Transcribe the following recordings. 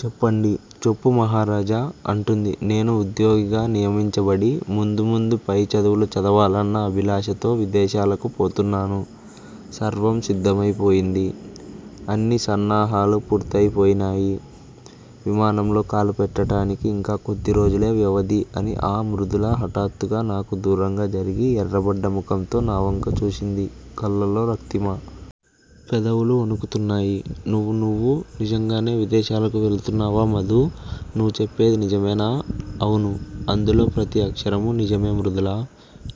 చెప్పండి. చెప్పు మహారాజా' అంటుంది నేను ఉద్యోగిగా నియమించబడి, ముందు ముందు పై చదువులు చదవాలన్న అభిలాషతో విదేశాలకు పోతున్నాను. సర్వం సిద్ధమైపోయింది. అన్ని సన్నాహాలూ పూర్తయిపోయాయి. విమానంలో కాలు పెట్టటానికి యింకా కొద్ది రోజులే వ్యవధి అని ఆ! మృదుల హఠాత్తుగా నాకు దూరంగా జరిగి ఎర్రబడ్డ ముఖంతో నా వంక చూసింది, కళ్ళలో రక్తిమ. పెదవులు వొణుకుతున్నాయి. నువ్వు నువ్వు నిజంగానే విదేశాలకు వెళుతున్నావా మధూ! నువ్వు చెప్పేది నిజమేనా? అవును. అందులో ప్రతి అక్షరమూ నిజమే మృదులా!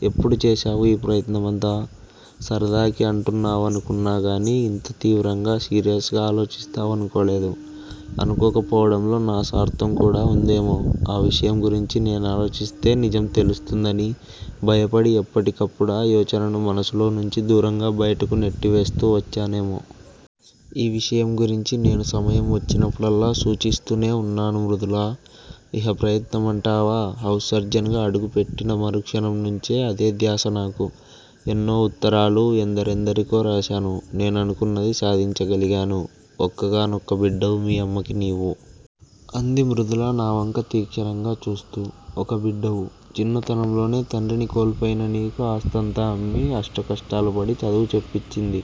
ఎప్పుడు చేశావు యీ ప్రయత్నమంతా? సరదాకి అంటున్నావనుకున్నాగాని యింత తీవ్రంగా, సీరియస్ గా ఆలోచిస్తావనుకోలేదు. అనుకోక పోవడంలో నా స్వార్ధంకూడా వుందేమో! ఆ విషయం గురించి నేనాలోచిస్తే నిజం తెలుస్తుందని, భయపడి ఎప్పటి కప్పుడా యోచనను మనసులో నుంచి దూరంగా బయటకు నెట్టివేస్తూ వచ్చానేమో! ఈ విషయం గురించి నేను సమయం వచ్చినప్పుడల్లా సూచిస్తూనే వున్నాను మృదులా! ఇహ ప్రయత్నమంటావా? హౌస్ సర్జన్ గా అడుగు పెట్టిన మరుక్షణం నుంచి అదే ధ్యాస నాకు. ఎన్నో ఉత్తరాలు, ఎందరెందరికో రాశాను. నేననుకున్నది సాధించగలిగాను. ఒక్కగా నొక్క బిడ్డవు మీ అమ్మకు నీవు. అంది మృదుల నా వంక తీక్షణంగా చూస్తూ. ఒక్క బిడ్డవు. చిన్నతనంలోనే తండ్రిని కోల్పోయిన నీకు ఆస్తంతా అమ్మి అష్టకష్టాలు పడి చదువు చెప్పించింది.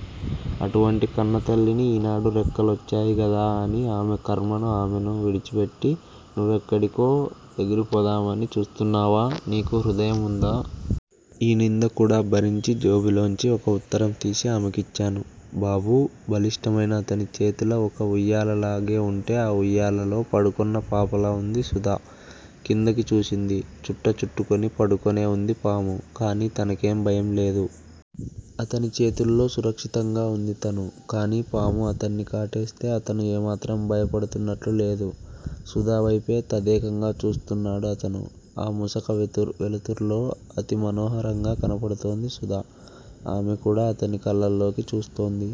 అటువంటి కన్నతల్లిని ఈనాడు రెక్క లొచ్చాయిగదా అని ఆమె కర్మకు ఆమెను విడిచిపెట్టి నువ్వెక్కడికో ఎగిరిపోదామని చూస్తున్నావా? నీకు హృదయం వుందా? ఈ నింద కూడా భరించి జేబులోంచి ఒక ఉత్తరం తీసి ఆమెకిచ్చాను. బాబూ! బలిష్టమైన అతని చేతులు ఒక ఉయ్యాలలాగే వుంటే ఆ ఉయ్యాలలో పడుకున్న పాపలా వుంది సుధ. కిందకి చూసింది. చుట్ట చుట్టుకుని పడుకునే వుంది పాము. కానీ తనకేం భయం లేదు. అతని చేతుల్లో సురక్షితంగా ఉంది తను. కానీ పాము అతన్ని కాటేస్తే అతను ఏమాత్రం భయపడుతున్నట్లు లేదు. సుధ వైపే తదేకంగా చూస్తున్నాడు అతను. ఆ మసక వెలుతుర్లో అతి మనోహరంగా కనబడుతోంది సుధ. ఆమె కూడా అతని కళ్ళల్లోకే చూస్తోంది.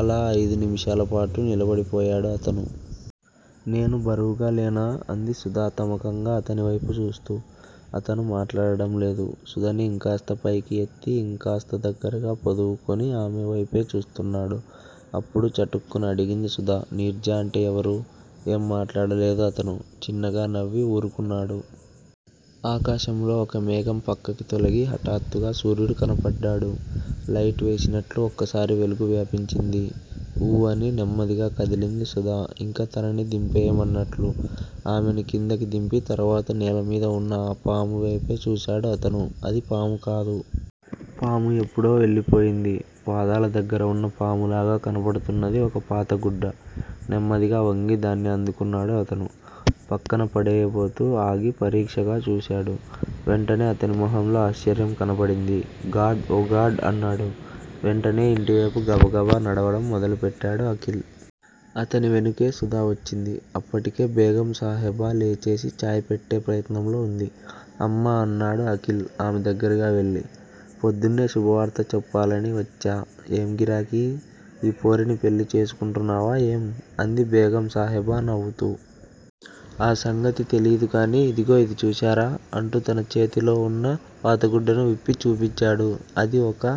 అలా అయిదు నిమిషాలపాటు నిలబడిపోయాడు అతను. నేను బరువుగా లేనా? అంది సుధ తమకంగా అతని వేపు చూస్తూ. అతను మాట్లాడడం లేదు. సుధని ఇంకాస్త పైకి ఎత్తి ఇంకాస్త దగ్గరగా పొదువుకుని ఆమె వేపే చూస్తున్నాడు. అప్పుడు చటుక్కున అడిగింది సుధ. నీర్జా అంటే ఎవరు? ఏం మాట్లాడలేదు అతను. చిన్నగా నవ్వి ఊరుకున్నాడు. ఆకాశంలో ఒక మేఘం పక్కకి తొలగి హఠాత్తుగా సూర్యుడు కనబడ్డాడు. లైట్ వేసినట్లు ఒక్కసారి వెలుగు వ్యాపించింది. ఊ అని నెమ్మదిగా కదిలింది సుధ. ఇంక తనని దింపెయ్యమన్నట్లు. ఆమెని కిందకి దింపి తరువాత నేలమీద వున్న ఆ 'పాము' వేపు చూశాడు అతను. అది పాము కాదు. పాము ఎప్పుడో వెళ్ళిపోయింది. పాదాల దగ్గర వున్న పాములాగా కనబడుతున్నది ఒక పాత గుడ్డ. నెమ్మదిగా వంగి దాన్ని అందుకున్నాడు అతను. పక్కన పడేయబోతూ ఆగి పరీక్షగా చూశాడు. వెంటనే అతని మొహంలో ఆశ్చర్యం కనబడింది. God oh God! అన్నాడు. వెంటనే ఇంటివేపు గబగబా నడవడం మొదలు పెట్టాడు అఖిల్. అతని వెనుకే సుధ వచ్చింది. అప్పటికే బేగం సాహెబా లేచేసి చాయ్ పెట్టే ప్రయత్నంలో వుంది. అమ్మా అన్నాడు అఖిల్ ఆమె దగ్గరగా వెళ్ళి. పొద్దునే శుభవార్త చెప్పాలని వచ్చా! ఏం గిరాకీ! ఈ పోరిని పెళ్ళి చేసుకుంటున్నావా ఏం? అంది బేగం సాహెబా నవ్వుతూ. ఆ సంగతి తెలీదుగానీ ఇదిగో ఇది చూశారా? అంటూ తన చేతిలో వున్న పాతగుడ్డని విప్పి చూపించాడు. అది ఒక